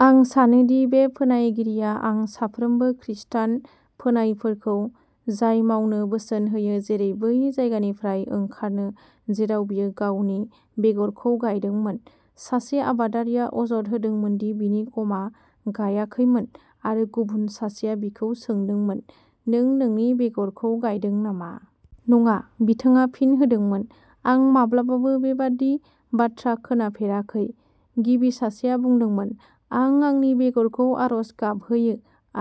आं सानो दि बे फोनायगिरिया आं साफ्रोमबो खृस्टान फोनायफोरखौ जाय मावनो बोसोन होयो, जेरै, बै जायगानिफ्राय ओंखारनो जेराव बियो गावनि बेगरखौ गायदोंमोन। सासे आबादारिया अजद होदोंमोन दि बिनि गमआ गायाखैमोन आरो गुबुन सासेया बिखौ सोंदोंमोन, "नों नोंनि बेगरखौ गायदों नामा? " "नङा", बिथाङा फिन होदोंमोन, "आं माब्लाबाबो बेबादि बाथ्रा खोनाफेराखै। " गिबि सासेया बुंदोंमोन, "आं आंनि बेगरखौ आर'ज गाबहोयो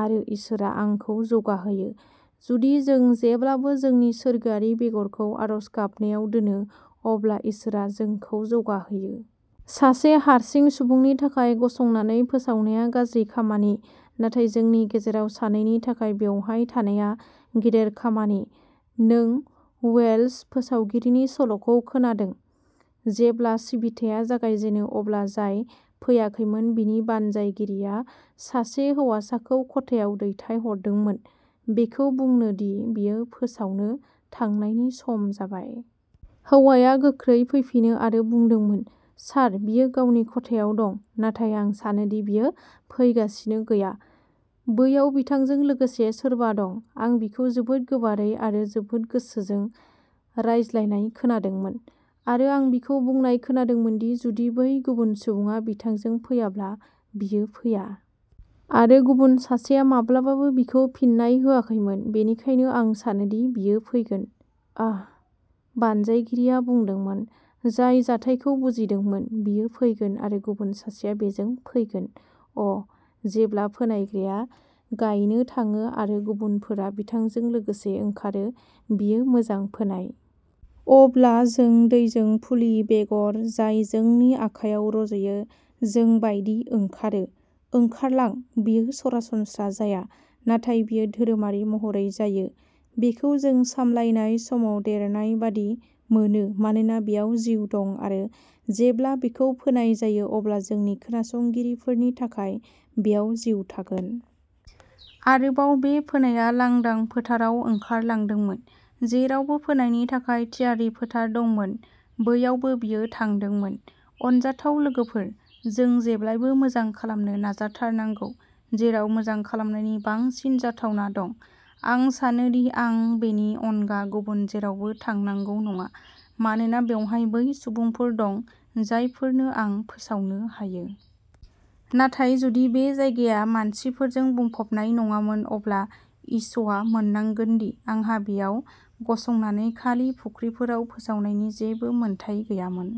आरो इसोरआ आंखौ जौगाहोयो। " जुदि जों जेब्लाबो जोंनि सोरगोआरि बेगरखौ आर'ज गाबनायाव दोनो, अब्ला इसोरआ जोंखौ जौगाहोयो। सासे हारसिं सुबुंनि थाखाय गसंनानै फोसावनाया गाज्रि खामानि, नाथाय जोंनि गेजेराव सानैनि थाखाय बेवहाय थानाया गेदेर खामानि। नों वेल्श फोसावगिरिनि सल'खौ खोनादों। जेब्ला सिबिथाया जागायजेनो अब्ला जाय फैयाखैमोन, बिनि बानजायगिरिया सासे हौवासाखौ खथायाव दैथायहरदोंमोन बेखौ बुंनो दि बेयो फोसावनो थांनायनि सम जाबाय। हौवाया गोख्रै फैफिनो आरो बुंदोंमोन, "सार, बियो गावनि खथायाव दं, नाथाय आं सानो दि बियो फैगासिनो गैया। बैयाव बिथांजों लोगोसे सोरबा दं। आं बिखौ जोबोद गोबारै आरो जोबोद गोसोजों रायज्लायनाय खोनादोंमोन, आरो आं बिखौ बुंनाय खोनादोंमोन दि जुदि बै गुबुन सुबुङा बिथांजों फैयाब्ला, बियो फैया! आरो गुबुन सासेया माब्लाबाबो बिखौ फिननाय होआखैमोन, बेनिखायनो आं सानो दि बियो फैगोन। " "आह", बानजायगिरिया बुंदोंमोन, जाय जाथायखौ बुजिदोंमोन, "बियो फैगोन आरो गुबुन सासेआ बेजों फैगोन! " अ, जेब्ला फोनायग्राया गायनो थाङो आरो गुबुनफोरा बिथांजों लोगोसे ओंखारो, बेयो मोजां फोनाय! अब्ला जों दैजों फुलि, बेगर जाय जोंनि आखायाव रज'यो, जों बायदि ओंखारो! ओंखारलां! बेयो सरासनस्रा जाया, नाथाय बेयो धोरोमारि महरै जायो। बेखौ जों सामलायनाय समाव देरनाय बादि मोनो, मानोना बेयाव जिउ दं-आरो जेब्ला बेखौ फोनाय जायो, अब्ला जोंनि खोनासंगिरिफोरनि थाखाय बेयाव जिउ थागोन! आरोबाव, बे फोनायआ लांदां फोथाराव ओंखारलांदोंमोन। जेरावबो फोनायनि थाखाय थियारि फोथार दंमोन, बैयावबो बियो थांदोंमोन। अनजाथाव लोगोफोर, जों जेब्लाबो मोजां खालामनो नाजाथारनांगौ जेराव मोजां खालामनायनि बांसिन जाथावना दं। आं सानो दि आं बेनि अनगा गुबुन जेरावबो थांनांगौ नङा, मानोना बेवहाय बै सुबुंफोर दं जायफोरनो आं फोसावनो हायो। नाथाय जुदि बे जायगाया मानसिफोरजों बुंफबनाय नङामोन, अब्ला इश'आ मोननांगोन दि आंहा बेयाव गसंनानै खालि फुख्रिफोराव फोसावनायनि जेबो मोनथाय गैयामोन।